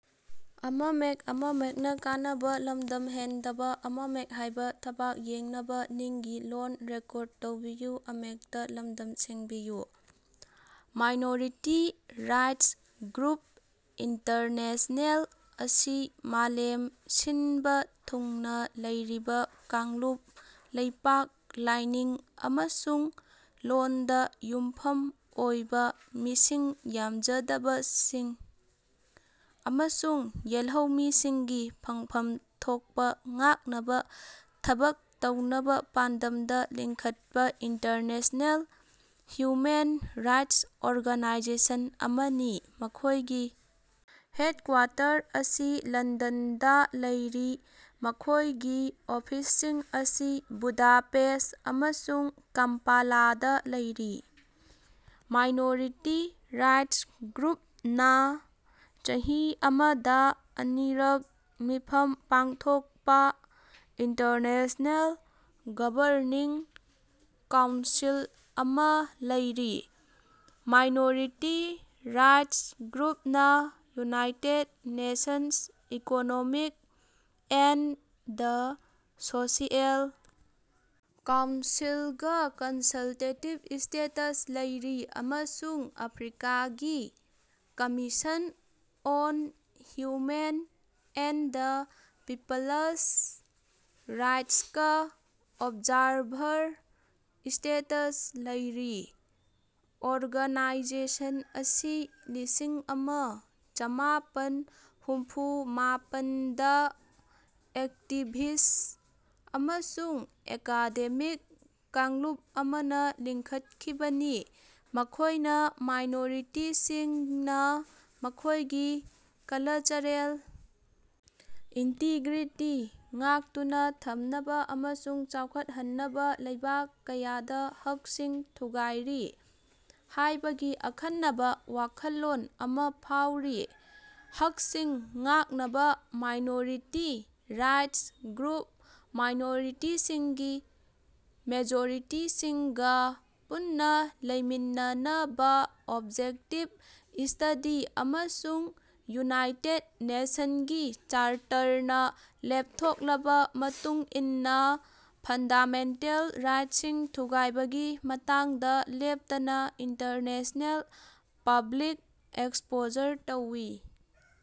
Minority rights group international ꯑꯁꯤ ꯃꯥꯂꯦꯝ ꯁꯤꯟꯕ ꯊꯨꯡꯅ ꯂꯩꯔꯤꯕ ꯀꯥꯡꯂꯨꯞ ꯂꯩꯄꯥꯛ ꯂꯥꯢꯅꯤꯡ ꯑꯃꯁꯨꯡ ꯂꯣꯟꯗ ꯌꯨꯝꯐꯝ ꯑꯣꯢꯕ ꯃꯤꯁꯤꯡ ꯌꯥꯝꯖꯗꯕꯁꯤꯡ ꯑꯃꯁꯨꯡ ꯌꯦꯜꯍꯧꯃꯤꯁꯤꯡꯒꯤ ꯐꯪꯐꯝ ꯊꯣꯛꯄ ꯉꯥꯛꯅꯕ ꯊꯕꯛ ꯇꯧꯅꯕ ꯄꯥꯟꯗꯝꯗ ꯂꯤꯡꯈꯠꯄ ꯏꯟꯇꯔꯅꯦꯁꯅꯦꯜ ꯍ꯭ꯌꯨꯃꯦꯟ ꯔꯥꯏꯠꯁ ꯑꯣꯔꯒꯥꯅꯥꯏꯖꯦꯁꯟ ꯑꯃꯅꯤ꯫ ꯃꯈꯣꯢꯒꯤ ꯍꯦꯗꯀ꯭ꯋꯥꯇꯔ ꯑꯁꯤ ꯂꯟꯗꯟꯗꯥ ꯂꯩꯔꯤ ꯃꯈꯣꯏꯒꯤ ꯑꯣꯐꯤꯁꯁꯤꯡ ꯑꯁꯤ ꯕꯨꯗꯥꯄꯦꯁ꯭ꯠ ꯑꯃꯁꯨꯡ ꯀꯝꯄꯥꯂꯥꯗꯥ ꯂꯩꯔꯤ꯫ ꯃꯥꯢꯅꯣꯔꯤꯇꯤ ꯔꯥꯢꯠ꯭ꯁ ꯒ꯭ꯔꯨꯞ ꯅꯥ ꯆꯍꯤ ꯑꯃꯗꯥ ꯑꯅꯤꯔꯛ ꯃꯤꯐꯝ ꯄꯥꯡꯊꯣꯛꯄꯥ ꯏꯟꯇꯔꯅꯦꯁ꯭ꯅꯦꯜ ꯒꯕꯔꯅꯤꯡ ꯀꯥꯎꯟꯁꯤꯜ ꯑꯃꯥ ꯂꯩꯔꯤ꯫ ꯃꯥꯢꯅꯣꯔꯤꯇꯤ ꯔꯥꯢꯠ꯭ꯁ ꯒ꯭ꯔꯨꯞꯅꯥ United Nations economic and social council ꯒꯥ ꯀꯟꯁꯜꯇꯦꯇꯤꯕ ꯁ꯭ꯇꯦꯇꯁ ꯂꯩꯔꯤ ꯑꯃꯁꯨꯡ ꯑꯐ꯭ꯔꯤꯀꯥꯒꯤ commission on human and peoples ꯔꯥꯏꯠꯁꯀꯥ ꯑꯣꯕꯖꯥꯔꯚꯔ ꯁ꯭ꯇꯦꯇꯁ ꯂꯩꯔꯤ꯫ ꯑꯣꯔꯒꯅꯥꯏꯖꯦꯁꯟ ꯑꯁꯤ ꯂꯤꯁꯤꯡ ꯑꯃ ꯆꯃꯥꯄꯟ ꯍꯨꯝꯐꯨ ꯃꯥꯄꯟꯗꯥ ꯑꯦꯛꯇꯤꯕꯤꯁ꯭ꯠ ꯑꯃꯁꯨꯡ ꯑꯦꯀꯥꯗꯦꯃꯤꯛ ꯀꯥꯡꯂꯨꯞ ꯑꯃꯅꯥ ꯂꯤꯡꯈꯠꯈꯤꯕꯅꯤ ꯃꯈꯣꯏꯅꯥ ꯃꯥꯏꯅꯣꯔꯤꯇꯤꯁꯤꯡꯅꯥ ꯃꯈꯣꯏꯒꯤ ꯀꯂꯆꯔꯦꯜ ꯏꯟꯇꯤꯒ꯭ꯔꯤꯇꯤ ꯉꯥꯛꯇꯨꯅꯥ ꯊꯝꯅꯕꯥ ꯑꯃꯁꯨꯡ ꯆꯥꯎꯈꯠꯍꯟꯅꯕꯥ ꯂꯩꯕꯥꯛ ꯀꯌꯥꯗꯥ ꯍꯛꯁꯤꯡ ꯊꯨꯒꯥꯏꯔꯤ ꯍꯥꯏꯕꯒꯤ ꯑꯈꯟꯅꯕꯥ ꯋꯥꯈꯜꯂꯣꯟ ꯑꯃꯥ ꯐꯥꯎꯔꯤ ꯍꯛꯁꯤꯡ ꯉꯥꯛꯅꯕꯥ ꯃꯥꯢꯅꯣꯔꯤꯇꯤ ꯔꯥꯢꯠ꯭ꯁ ꯒ꯭ꯔꯨꯞ ꯃꯥꯏꯅꯣꯔꯤꯇꯤꯁꯤꯡꯒꯤ ꯃꯦꯖꯣꯔꯤꯇꯤꯁꯤꯡꯒꯥ ꯄꯨꯟꯅꯥ ꯂꯩꯃꯤꯟꯅꯅꯕꯥ ꯑꯣꯕꯖꯦꯛꯇꯤꯕ ꯁ꯭ꯇꯗꯤ ꯑꯃꯁꯨꯡ ꯌꯨꯅꯥꯏꯇꯦꯗ ꯅꯦꯁꯟ ꯒꯤ ꯆꯥꯔꯇꯔꯅꯥ ꯂꯦꯞꯊꯣꯛꯂꯕꯥ ꯃꯇꯨꯡ ꯏꯟꯅꯥ ꯐꯟꯗꯥꯃꯦꯟꯇꯦꯜ ꯔꯥꯏꯠꯁꯤꯡ ꯊꯨꯒꯥꯏꯕꯒꯤ ꯃꯇꯥꯡꯗꯥ ꯂꯦꯞꯇꯅꯥ ꯏꯟꯇꯔꯅꯦꯁ꯭ꯅꯦꯜ ꯄꯕ꯭ꯂꯤꯛ ꯑꯦꯛꯁꯄꯣꯖꯔ ꯇꯧꯏ꯫